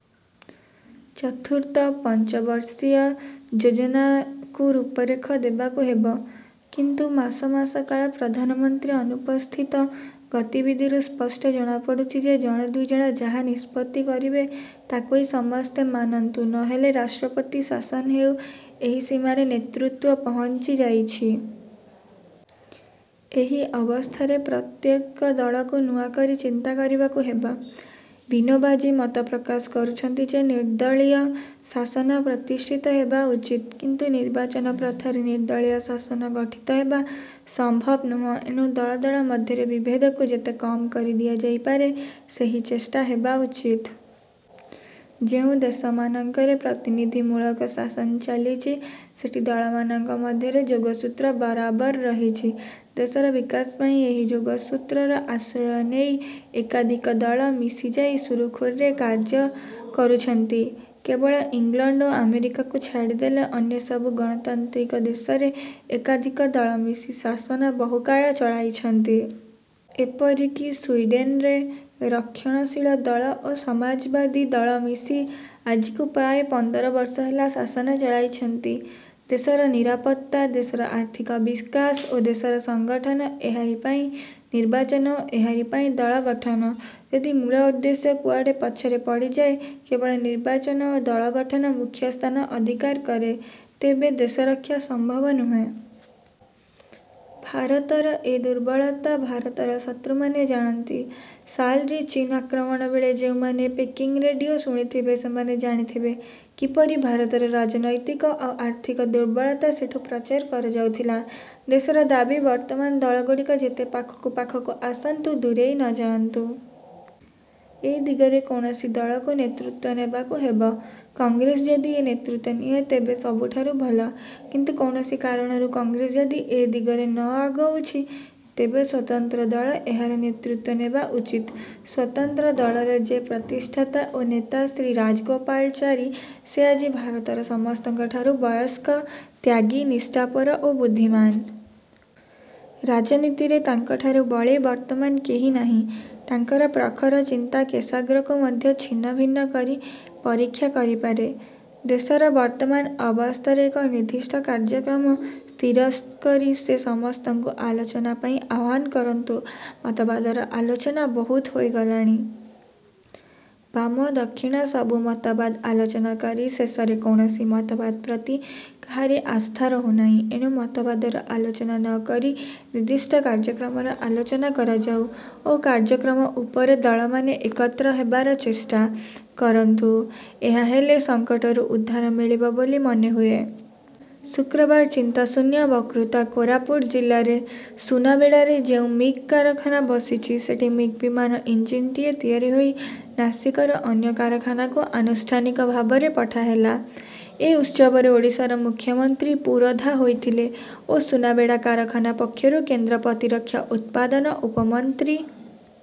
ଚତୁର୍ଥ ପଞ୍ଚବର୍ଷୀୟ ଯୋଜନାକୁ ରୂପରେଖ ଦେବାକୁ ହେବ; କିନ୍ତୁ ମାସ ମାସ କାଳ ପ୍ରଧାନମନ୍ତ୍ରୀ ଅନୁପସ୍ଥିତ। ଗତିବିଧିରୁ ସ୍ପଷ୍ଟ ଜଣାପଡ଼ୁଛି ଯେ, ଜଣେ ଦୁଇଜଣ ଯାହା ନିଷ୍ପତ୍ତି କରିବେ, ତାକୁଇ ସମସ୍ତେ ମାନନ୍ତୁ; ନ ହେଲେ ରାଷ୍ଟ୍ରପତି ଶାସନ ହେଉ, ଏହି ସୀମାରେ ନେତୃତ୍ୱ ପହଞ୍ଚି ଯାଇଛି। ଏହି ଅବସ୍ଥାରେ ପ୍ରତ୍ୟେକ ଦଳକୁ ନୂଆକରି ଚିନ୍ତା କରିବାକୁ ହେବ। ବିନୋବାଜୀ ମତ ପ୍ରକାଶ କରୁଛନ୍ତି ଯେ ନିର୍ଦ୍ଦଳୀୟ ଶାସନ ପ୍ରତିଷ୍ଠିତ ହେବା ଉଚିତ; କିନ୍ତୁ ନିର୍ବାଚନ ପ୍ରଥାରେ ନିର୍ଦ୍ଦଳୀୟ ଶାସନ ଗଠିତହେବା ସମ୍ଭବ ନୁହେଁ। ଏଣୁ ଦଳ ଦଳ ମଧ୍ୟରେ ବିଭେଦକୁ ଯେତେ କମ୍ କରି ଦିଆଯାଇ ପାରେ; ସେହି ଚେଷ୍ଟା ହେବା ଉଚିତ। ଯେଉଁ ଦେଶମାନଙ୍କରେ ପ୍ରତିନିଧିମୂଳକ ଶାସନ ଚାଲିଛି, ସେଠି ଦଳମାନଙ୍କ ମଧ୍ୟରେ ଯୋଗସୂତ୍ର ବରାବର ରହିଛି। ଦେଶର ବିକାଶ ପାଇଁ ଏହି ଯୋଗସୂତ୍ରର ଆଶ୍ରୟ ନେଇ ଏକାଧିକ ଦଳ ମିଶିଯାଇ ସୁରୁଖରୁରେ କାର୍ଯ୍ୟ କରୁଛନ୍ତି। କେବଳ ଇଂଲଣ୍ଡ ଓ ଆମେରିକାକୁ ଛାଡ଼ିଦେଲେ ଅନ୍ୟ ସବୁ ଗଣତାନ୍ତ୍ରିକ ଦେଶରେ ଏକାଧିକ ଦଳ ମିଶି ଶାସନ ବହୁକାଳ ଚଳାଇଛନ୍ତି। ଏପରିକି ସୁଇଡ଼େନ୍ରେ ରକ୍ଷଣଶୀଳ ଦଳ ଓ ସମାଜବାଦୀ ଦଳ ମିଶି ଆଜିକୁ ପ୍ରାୟ ପନ୍ଦର ବର୍ଷ ହେଲା ଶାସନ ଚଳାଇଛନ୍ତି। ଦେଶର ନିରାପତ୍ତା, ଦେଶର ଆର୍ଥିକ ବିକାଶ ଓ ଦେଶର ସଂଗଠନ ଏହାରି ପାଇଁ ନିର୍ବାଚନ ଓ ଏହାରି ପାଇଁ ଦଳ ଗଠନ। ଯଦି ମୂଳ ଉଦ୍ଦେଶ୍ୟ କୁଆଡ଼େ ପଛରେ ପଡ଼ିଯାଏ, କେବଳ ନିର୍ବାଚନ ଓ ଦଳ ଗଠନ ମୁଖ୍ୟସ୍ଥାନ ଅଧିକାର କରେ, ତେବେ ଦେଶରକ୍ଷା ସମ୍ଭବ ନୁହେଁ। ଭାରତର ଏ ଦୁର୍ବଳତା ଭାରତର ଶତ୍ରୁମାନେ ଜାଣନ୍ତି। ସାଲରେ ଚୀନ ଆକ୍ରମଣବେଳେ ଯେଉଁମାନେ ପେକିଂ ରେଡ଼ିଓ ଶୁଣିଥିବେ, ସେମାନେ ଜାଣିଥିବେ, କିପରି ଭାରତର ରାଜନୈତିକ ଓ ଆର୍ଥିକ ଦୁର୍ବଳତା ସେଠୁଁ ପ୍ରଚାର କରାଯାଉଥିଲା। ଦେଶର ଦାବି ବର୍ତ୍ତମାନ ଦଳଗୁଡ଼ିକ ଯେତେ ପାଖକୁ ପାଖକୁ ଆସନ୍ତୁ, ଦୂରେଇ ନ ଯାଆନ୍ତୁ। ଏ ଦିଗରେ କୌଣସି ଦଳକୁ ନେତୃତ୍ୱ ନେବାକୁ ହେବ। କଂଗ୍ରେସ ଯଦି ଏ ନେତୃତ୍ୱ ନିଏ, ତେବେ ସବୁଠାରୁ ଭଲ; କିନ୍ତୁ କୌଣସି କାରଣରୁ କଂଗ୍ରେସ ଯଦି ଏ ଦିଗରେ ନ ଆଗୋଉଛି, ତେବେ ସ୍ୱତନ୍ତ୍ର ଦଳ ଏହାର ନେତୃତ୍ୱ ନେବା ଉଚିତ। ସ୍ୱତନ୍ତ୍ର ଦଳର ଯେ ପ୍ରତିଷ୍ଠାତା ଓ ନେତା ଶ୍ରୀ ରାଜଗୋପାଳଚାରୀ, ସେ ଆଜି ଭାରତର ସମସ୍ତଙ୍କଠାରୁ ବୟସ୍କ, ତ୍ୟାଗୀ, ନିଷ୍ଠାପର ଓ ବୁଦ୍ଧିମାନ। ରାଜନୀତିରେ ତାଙ୍କଠାରୁ ବଳି ବର୍ତ୍ତମାନ କେହି ନାହିଁ। ତାଙ୍କର ପ୍ରଖର ଚିନ୍ତା କେଶାଗ୍ରକୁ ମଧ୍ୟ ଛିନ୍ନଭିନ୍ନ କରି ପରୀକ୍ଷା କରିପାରେ। ଦେଶର ବର୍ତ୍ତମାନ ଅବସ୍ଥାରେ ଏକ ନିର୍ଦ୍ଦିଷ୍ଟ କାର୍ଯ୍ୟକ୍ରମ ସ୍ଥିର କରି ସେ ସମସ୍ତଙ୍କୁ ଆଲୋଚନା ପାଇଁ ଆହ୍ୱାନ କରନ୍ତୁ। ମତବାଦର ଆଲୋଚନା ବହୁତ ହୋଇଗଲାଣି। ବାମ ଦକ୍ଷିଣ ସବୁ ମତବାଦ ଆଲୋଚନା କରି ଶେଷରେ କୌଣସି ମତବାଦ ପ୍ରତି କାହାରି ଆସ୍ଥା ରହୁନାହିଁ। ଏଣୁ ମତବାଦର ଆଲୋଚନା ନକରି ନିର୍ଦ୍ଦିଷ୍ଟ କାର୍ଯ୍ୟକ୍ରମର ଆଲୋଚନା କରାଯାଉ ଓ କାର୍ଯ୍ୟକ୍ରମ ଉପରେ ଦଳମାନେ ଏକତ୍ର ହେବାର ଚେଷ୍ଟା। କରନ୍ତୁ। ଏହା ହେଲେ ସଂକଟରୁ ଉଦ୍ଧାର ମିଳିବ ବୋଲି ମନେହୁଏ। ଶୁକ୍ରବାର ଚିନ୍ତାଶୂନ୍ୟ ବକ୍ତୃତା କୋରାପୁଟ ଜିଲ୍ଲାରେ ସୁନାବେଡ଼ାରେ ଯେଉଁ ମିଗ କାରଖାନା ବସିଛି, ସେଠି ମିଗ୍ ବିମାନ ଇଞ୍ଜିନଟିଏ ତିଆରି ହୋଇ ନାସିକର ଅନ୍ୟ କାରଖାନାକୁ ଆନୁଷ୍ଠାନିକ ଭାବରେ ପଠାହେଲା। ଏ ଉତ୍ସବରେ ଓଡ଼ିଶାର ମୁଖ୍ୟମନ୍ତ୍ରୀ ପୁରୋଧା ହୋଇଥିଲେ ଓ ସୁନାବେଡ଼ା କାରଖାନା ପକ୍ଷରୁ କେନ୍ଦ୍ର ପ୍ରତିରକ୍ଷା ଉତ୍ପାଦନ ଉପମନ୍ତ୍ରୀ